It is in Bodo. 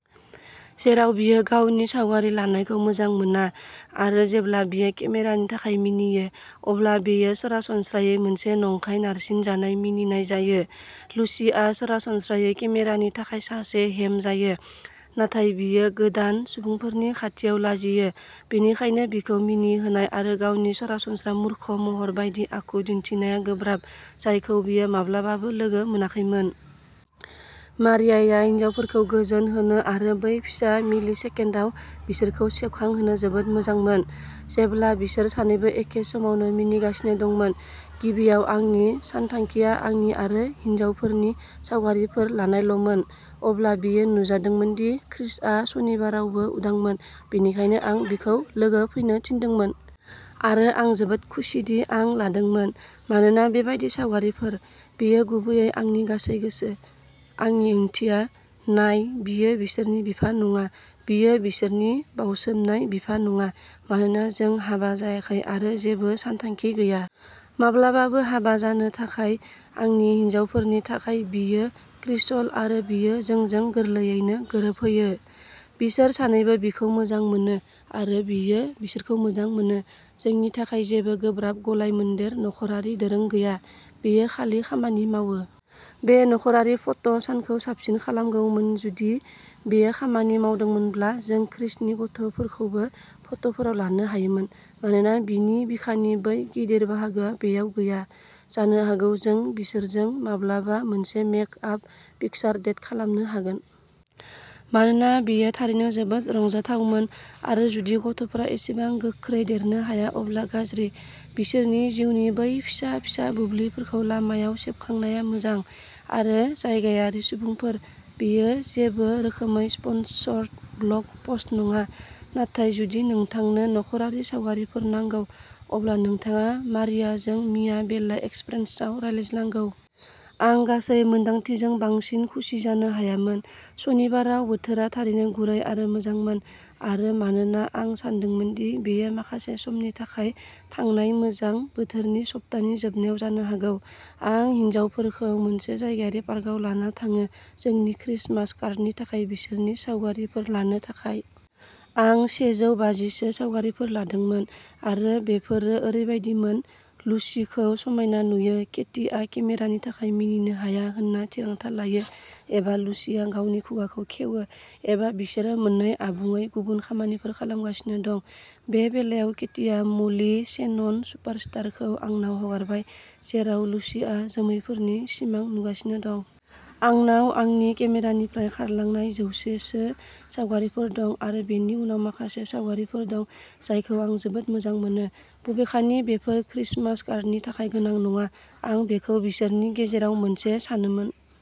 जेराव बियो गावनि सावगारि लानायखौ मोजां मोना, आरो जेब्ला बियो केमेरानि थाखाय मिनियो, अब्ला बेयो सरासनस्रायै मोनसे नंखाय नारसिनजानाय मिनिनाय जायो। लुसिआ सरासनस्रायै केमेरानि थाखाय सासे हेम जायो, नाथाय बियो गोदान सुबुंफोरनि खाथियाव लाजियो, बेनिखायनो बिखौ मिनिहोनाय आरो गावनि सरासनस्रा मूर्ख महर बायदि आखु दिन्थिनाया गोब्राब, जायखौ बियो माब्लाबाबो लोगो मोनाखैमोन। मारियाया हिनजावफोरखौ गोजोन होनो आरो बै फिसा मिलिसेकेन्डआव बिसोरखौ सेबखांहोनो जोबोद मोजांमोन, जेब्ला बिसोर सानैबो एखे समावनो मिनिगासिनो दंमोन। गिबियाव, आंनि सानथांखिआ आंनि आरो हिनजावफोरनि सावगारिफोर लायनायल'मोन। अब्ला बेयो नुजादोंमोन दि क्रिसआ सनिबारावबो उदांमोन, बेनिखायनो आं बिखौ लोगो फैनो थिनदोंमोन। आरो आं जोबोद खुसिदि आं लादोंमोन, मानोना बेबादि सावगारिफोर? बेयो गुबैयै आंनि गासै गोसो। आंनि ओंथिया, नाय, बियो बिसोरनि बिफा नङा। बियो बिसोरनि बावसोमनाय बिफा नङा, मानोना जों हाबा जायाखै आरो जेबो सानथांखि गैया। माब्लाबाबो हाबा जानो थाखाय। आंनि हिनजावसाफोरनि थाखाय, बियो क्रिसल आरो बियो जोंजों गोरलैयैनो गोरोबहैयो। बिसोर सानैबो बिखौ मोजां मोनो, आरो बियो बिसोरखौ मोजां मोनो। जोंनि थाखाय जेबो गोब्राब गलायमोन्देर नख'रारि दोरों गैया, बेयो खालि खामानि मावो। बे नख'रारि फट' सानखौ साबसिन खालामगौमोन जुदि बेयो खामानि मावदोंमोनब्ला जों क्रिसनि गथ'फोरखौबो फट'फोराव लानो हायोमोन। मानोना बिनि बिखानि बै गिदिर बाहागोआ बेयाव गैया। जानो हागौ जों बिसोरजों माब्लाबा मोनसे मेक आप पिकचार डेट खालामनो हागोन। मानोना बेयो थारैनो जोबोद रंजाथावमोन, आरो जुदि गथ'फोरा एसेबां गोख्रै देरनो हाया अब्ला गाज्रि। बिसोरनि जिउनि बै फिसा-फिसा बुब्लिफोरखौ लामायाव सेबखांनाया मोजां। आरो जायगायारि सुबुंफोर, बेयो जेबो रोखोमै स्पन्सर्ड ब्लग पस्ट नङा, नाथाय जुदि नोंथांनो नख'रारि सावगारिफोर नांगौ, अब्ला नोंथाङा मारियाजों मिया बेला एक्सप्रेसन्सआव रायज्लायनांगौ। आं गासै मोन्दांथिजों बांसिन खुसि जानो हायामोन। सनिबाराव, बोथोरा थारैनो गुरै आरो मोजांमोन, आरो मानोना आं सानदोंमोन दि बेयो माखासे समनि थाखाय थांनाय मोजां बोथोरनि सप्तानि जोबनायाव जानो हागौ, आं हिनजावफोरखौ मोनसे जायगायारि पार्कआव लाना थाङो जोंनि क्रिसमास कार्डनि थाखाय बिसोरनि सावगारिफोर लानो थाखाय। आं सेजौबाजि सो सावगारिफोर लादोंमोन, आरो बेफोरो ओरैबायदिमोन। लुसीखौ समायना नुयो, केटीआ केमेरानि थाखाय मिनिनो हाया होनना थिरांथा लायो। एबा लुसीया गावनि खुगाखौ खेवो। एबा, बिसोरो मोननै आबुङै गुबुन खामानिफोर खालामगासिनो दं। बे बेलायाव, केटीआ म'ली शेनन सुपारस्टारखौ आंनाव हगारबाय, जेराव लुसीआ जोमैफोरनि सिमां नुगासिनो दं। आंनाव आंनि केमेरानिफ्राय खारलांनाय जौसे सो सावगारिफोर दं आरो बेनि उनाव माखासे सावगारिफोर दं जायखौ आं जोबोद मोजां मोनो, बबेखानि बेफोर क्रिसमास कार्डनि थाखाय गोनां नङा। आं बेखौ बिसोरनि गेजेराव मोनसे सानोमोन।